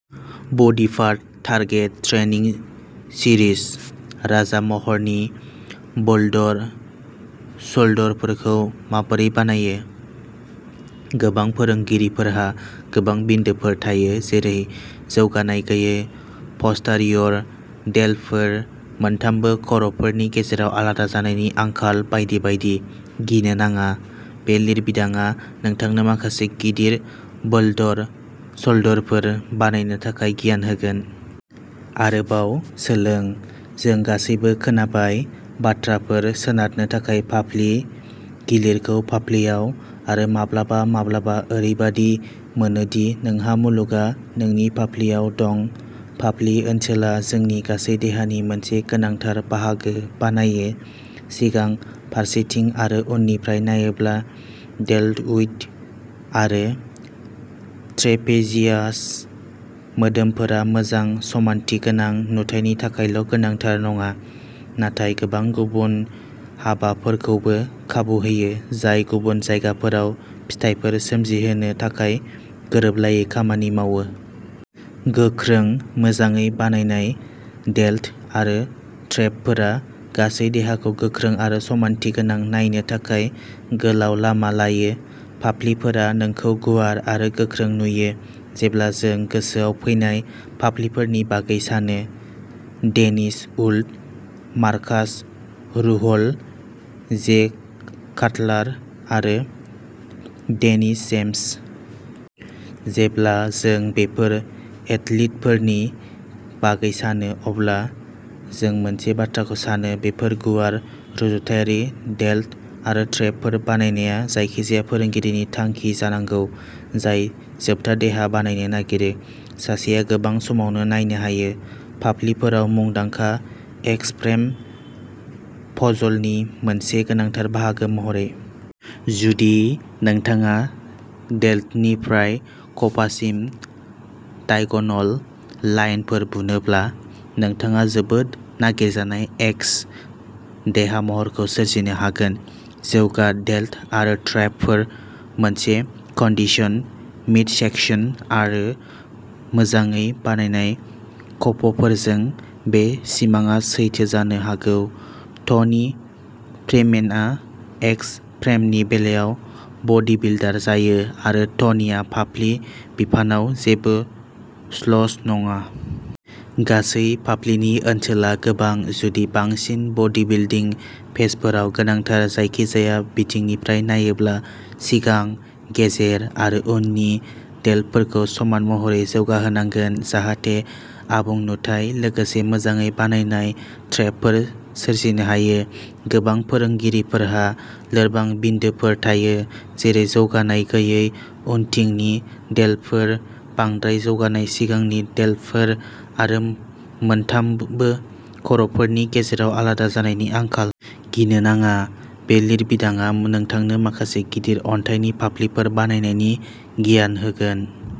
Body part target training series राजा महरनि boulder शोल्डारफोरखौ माबोरै बानायो? गोबां फोरोंगिरिफोरहा लोरबां बिन्दोफोर थायो जेरै जौगानाय गैयै पस्टारियर डेल्टफोर, मोनथामबो खर'फोरनि गेजेराव आलादा जानायनि आंखाल बायदि बायदि। गिनो नाङा बे लिरबिदांआ नोंथांनो माखासे गिदिर बोल्डर शोल्डारफोर बानायनो थाखाय गियान होगोन। आरोबाव सोलों। जों गासैबो खोनाबाय। बाथ्राफोरः सोनारनो थाखाय फाफ्लि, गिलिरखौ फाफ्लिआव, आरो माब्लाबा माब्लाबा ओरैबादि मोनो दि नोंहा मुलुगआ नोंनि फाफ्लिआव दं। फाफ्लि ओनसोला जोंनि गासै देहानि मोनसे गोनांथार बाहागो बानायो। सिगां, फारसेथिं आरो उननिफ्राय नायोब्ला, डेल्टइड आरो ट्रेपेजियास मोदोमफोरा मोजां समानथिगोनां नुथायनि थाखायल' गोनांथार नङा, नाथाय गोबां गुबुन हाबाफोरखौबो खाबु होयो जाय गुबुन जायगाफोराव फिथायफोर सोमजिहोनो थाखाय गोरोबलायै खामानि मावो। गोख्रों, मोजाङै बानायनाय डेल्ट आरो ट्रेपफोरा गासै देहाखौ गोख्रों आरो समानथिगोनां नायनो थाखाय गोलाव लामा लायो। फाफ्लिफोरा नोंखौ गुवार आरो गोख्रों नुयो। जेब्ला जों गोसोआव फैनाय फाफ्लिफोरनि बागै सानो, डेनिस उल्फ, मार्कास रुहल, जे काटलार, आरो डेनिस जेम्स? जेब्ला जों बेफोर एथलीटफोरनि बागै सानो अब्ला जों मोनसे बाथ्राखौ सानो बेफोर गुवार रुजुथायारि डेल्ट आरो ट्रेपफोर बानायनाया जायखिजाया फोरोंगिरिनि थांखि जानांगौ जाय जोबथा देहा बानायनो नागिरो। सासेआ गोबां समावनो नायनो हायो। फाफ्लिफोराव मुंदांखा एक्स फ्रेम पजलनि मोनसे गोनांथार बाहागो महरै। जुदि नोंथाङा डेल्टनिफ्राय खफासिम डायगनल लाइनफोर बुनोब्ला, नोंथाङा जोबोद नागिरजानाय एक्स देहा महरखौ सोरजिनो हागोन। जौगा डेल्ट आरो ट्रेपफोर, मोनसे कन्डिशन्ड मिडसेकसन, आरो मोजाङै बानायनाय खफफोरजों, बे सिमांआ सैथो जानो हागौ। टनि फ्रीमेनआ एक्स फ्रेमनि बेलायाव बडीबिल्डार जायो आरो टनिआ फाफ्लि बिफानाव जेबो स्लच नङा। गासै फाफ्लिनि ओनसोला गोबां, जुदि बांसिन बडीबिल्डिं पोजफोराव गोनांथार। जायखिजाया बिथिंनिफ्राय नायोब्ला सिगां, गेजेर, आरो उननि डेल्टफोरखौ समान महरै जौगाहोनांगोन जाहाथे आबुं नुथाइ लोगोसे मोजाङै बानायनाय ट्रेपफोर सोरजिनो हायो। गोबां फोरोंगिरिफोरहा लोरबां बिन्दोफोर थायो जेरै जौगानाय गैयै उनथिंनि डेल्टफोर, बांद्राय जौगानाय सिगांनि डेल्टफोर, आरो मोनथामबो खर'फोरनि गेजेराव आलादा जानायनि आंखाल। गिनो नाङा बे लिरबिदांआ नोंथांनो माखासे गिदिर अन्थाइनि फाफ्लिफोर बानायनायनि गियान होगोन!